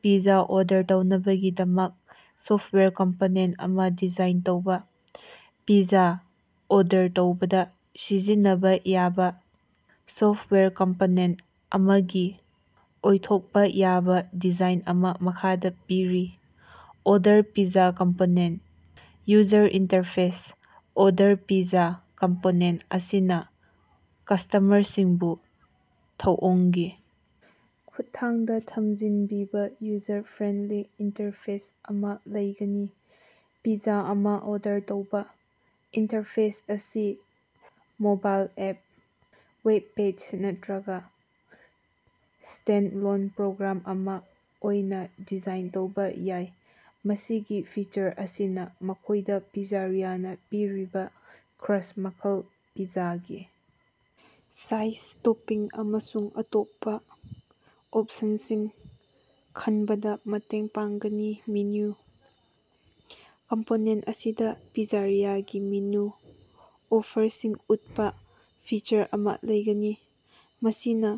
Pizza order ꯇꯧꯅꯕꯒꯤꯗꯃꯛ software component ꯑꯃ design ꯇꯧꯕ꯫ ꯄꯤꯖ꯭ꯖꯥ ꯑꯣꯔꯗꯔ ꯇꯧꯕꯗ ꯁꯤꯖꯤꯟꯅꯕ ꯌꯥꯕ ꯁꯣꯐꯋꯦꯌꯔ ꯀꯝꯄꯣꯅꯦꯟꯠ ꯑꯃꯒꯤ ꯑꯣꯏꯊꯣꯛꯄ ꯌꯥꯕ ꯗꯤꯖꯥꯏꯟ ꯑꯃ ꯃꯈꯥꯗ ꯄꯤꯔꯤ: order pizza component: user interface: order pizza component ꯑꯁꯤꯅ ꯀꯁꯇꯃꯔꯁꯤꯡꯕꯨ ꯊꯧꯑꯣꯡꯒꯤ ꯈꯨꯠꯊꯥꯡꯗ ꯂꯝꯖꯤꯡꯕꯤꯕ ꯌꯨꯖꯔ-ꯐ꯭ꯔꯦꯟꯂꯤ ꯏꯟꯇꯔꯐꯦꯁ ꯑꯃ ꯂꯩꯒꯅꯤ꯫ ꯄꯤꯖ꯭ꯖꯥ ꯑꯃꯥ ꯑꯣꯔꯗꯔ ꯇꯧꯕ꯫ ꯏꯟꯇꯔꯐꯦꯁ ꯑꯁꯤ ꯃꯣꯕꯥꯏꯜ ꯑꯦꯞ, ꯋꯦꯕ ꯄꯦꯖ ꯅꯠꯇ꯭ꯔꯒ ꯁ꯭ꯇꯦꯟꯂꯣꯟ ꯄ꯭ꯔꯣꯒ꯭ꯔꯥꯝ ꯑꯃ ꯑꯣꯏꯅ ꯗꯤꯖꯥꯏꯟ ꯇꯧꯕ ꯌꯥꯏ꯫ ꯃꯁꯤꯒꯤ ꯐꯤꯆꯔ ꯑꯁꯤꯅ ꯃꯈꯣꯏꯗ ꯄꯤꯖ꯭ꯖꯥꯔꯤꯌꯥꯅ ꯄꯤꯔꯤꯕ ꯀ꯭ꯔꯨꯁꯀꯤ ꯃꯈꯜ, ꯄꯤꯖ꯭ꯖꯥꯒꯤ ꯁꯥꯏꯖ, ꯇꯣꯄꯤꯡ ꯑꯃꯁꯨꯡ ꯑꯇꯣꯞꯄ ꯑꯣꯞꯁꯟꯁꯤꯡ ꯈꯟꯕꯗ ꯃꯇꯦꯡ ꯄꯥꯡꯒꯅꯤ꯫ ꯃꯦꯅꯨ: ꯀꯝꯄꯣꯅꯦꯟꯠ ꯑꯁꯤꯗ ꯄꯤꯖ꯭ꯖꯥꯔꯤꯌꯥꯒꯤ ꯃꯦꯅꯨ ꯑꯣꯐꯔꯁꯤꯡ ꯎꯠꯄ ꯐꯤꯆꯔ ꯑꯃ ꯂꯩꯒꯅꯤ꯫ ꯃꯁꯤꯅ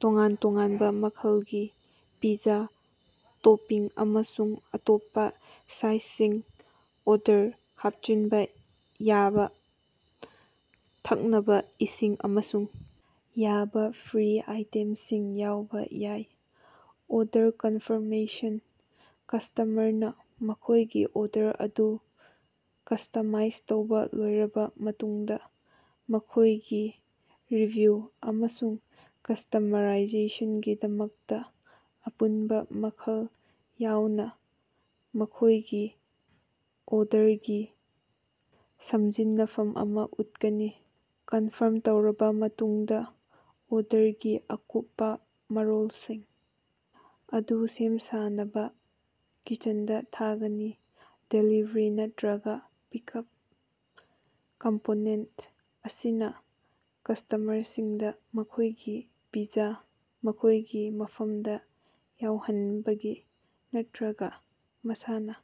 ꯇꯣꯉꯥꯟ ꯇꯣꯉꯥꯟꯕ ꯃꯈꯜꯒꯤ ꯄꯤꯖ꯭ꯖꯥ, ꯇꯣꯄꯤꯡ, ꯑꯃꯁꯨꯡ ꯑꯇꯣꯞꯄ ꯁꯥꯏꯗꯁꯤꯡ, ꯑꯣꯔꯗꯔꯗ ꯍꯥꯞꯆꯤꯟꯕ ꯌꯥꯕ ꯊꯛꯅꯕ ꯏꯁꯤꯡ ꯑꯃꯁꯨꯡ ꯌꯥꯕ ꯐ꯭ꯔꯤ ꯑꯥꯏꯇꯦꯝꯁꯤꯡ ꯌꯥꯎꯕ ꯌꯥꯏ꯫ ꯑꯣꯔꯗꯔ ꯀꯟꯐꯥꯔꯃꯦꯁꯟ: ꯀꯁꯇꯃꯔꯅ ꯃꯈꯣꯏꯒꯤ ꯑꯣꯔꯗꯔ ꯑꯗꯨ ꯀꯁꯇꯃꯥꯏꯁ ꯇꯧꯕ ꯂꯣꯏꯔꯕ ꯃꯇꯨꯡꯗ, ꯃꯈꯣꯏꯒꯤ ꯔꯤꯚꯤꯌꯨ ꯑꯃꯁꯨꯡ ꯀꯟꯐꯥꯔꯃꯦꯁꯟꯒꯤꯗꯃꯛꯇ ꯑꯄꯨꯟꯕ ꯃꯃꯜ ꯌꯥꯎꯅ ꯃꯈꯣꯏꯒꯤ ꯑꯣꯔꯗꯔꯒꯤ ꯁꯝꯖꯤꯟꯅꯐꯝ ꯑꯃ ꯎꯠꯀꯅꯤ꯫ ꯀꯟꯐꯥꯔꯝ ꯇꯧꯔꯕ ꯃꯇꯨꯡꯗ ꯑꯣꯔꯗꯔꯒꯤ ꯑꯀꯨꯞꯄ ꯃꯔꯣꯜꯁꯤꯡ ꯑꯗꯨ ꯁꯦꯝ ꯁꯥꯅꯕ ꯀꯤꯆꯟꯗ ꯊꯥꯒꯅꯤ꯫ ꯗꯦꯂꯤꯚ꯭ꯔꯤ ꯅꯠꯇ꯭ꯔꯒ ꯄꯤꯛꯑꯞ: ꯀꯝꯄꯣꯅꯦꯟꯠ ꯑꯁꯤꯅ ꯀꯁꯇꯃꯔꯁꯤꯡꯗ ꯃꯈꯣꯏꯒꯤ ꯄꯤꯖ꯭ꯖꯥ ꯃꯈꯣꯏꯒꯤ ꯃꯐꯝꯗ ꯌꯧꯍꯟꯕꯒꯤ ꯅꯠꯇ꯭ꯔꯒ ꯃꯁꯥꯅ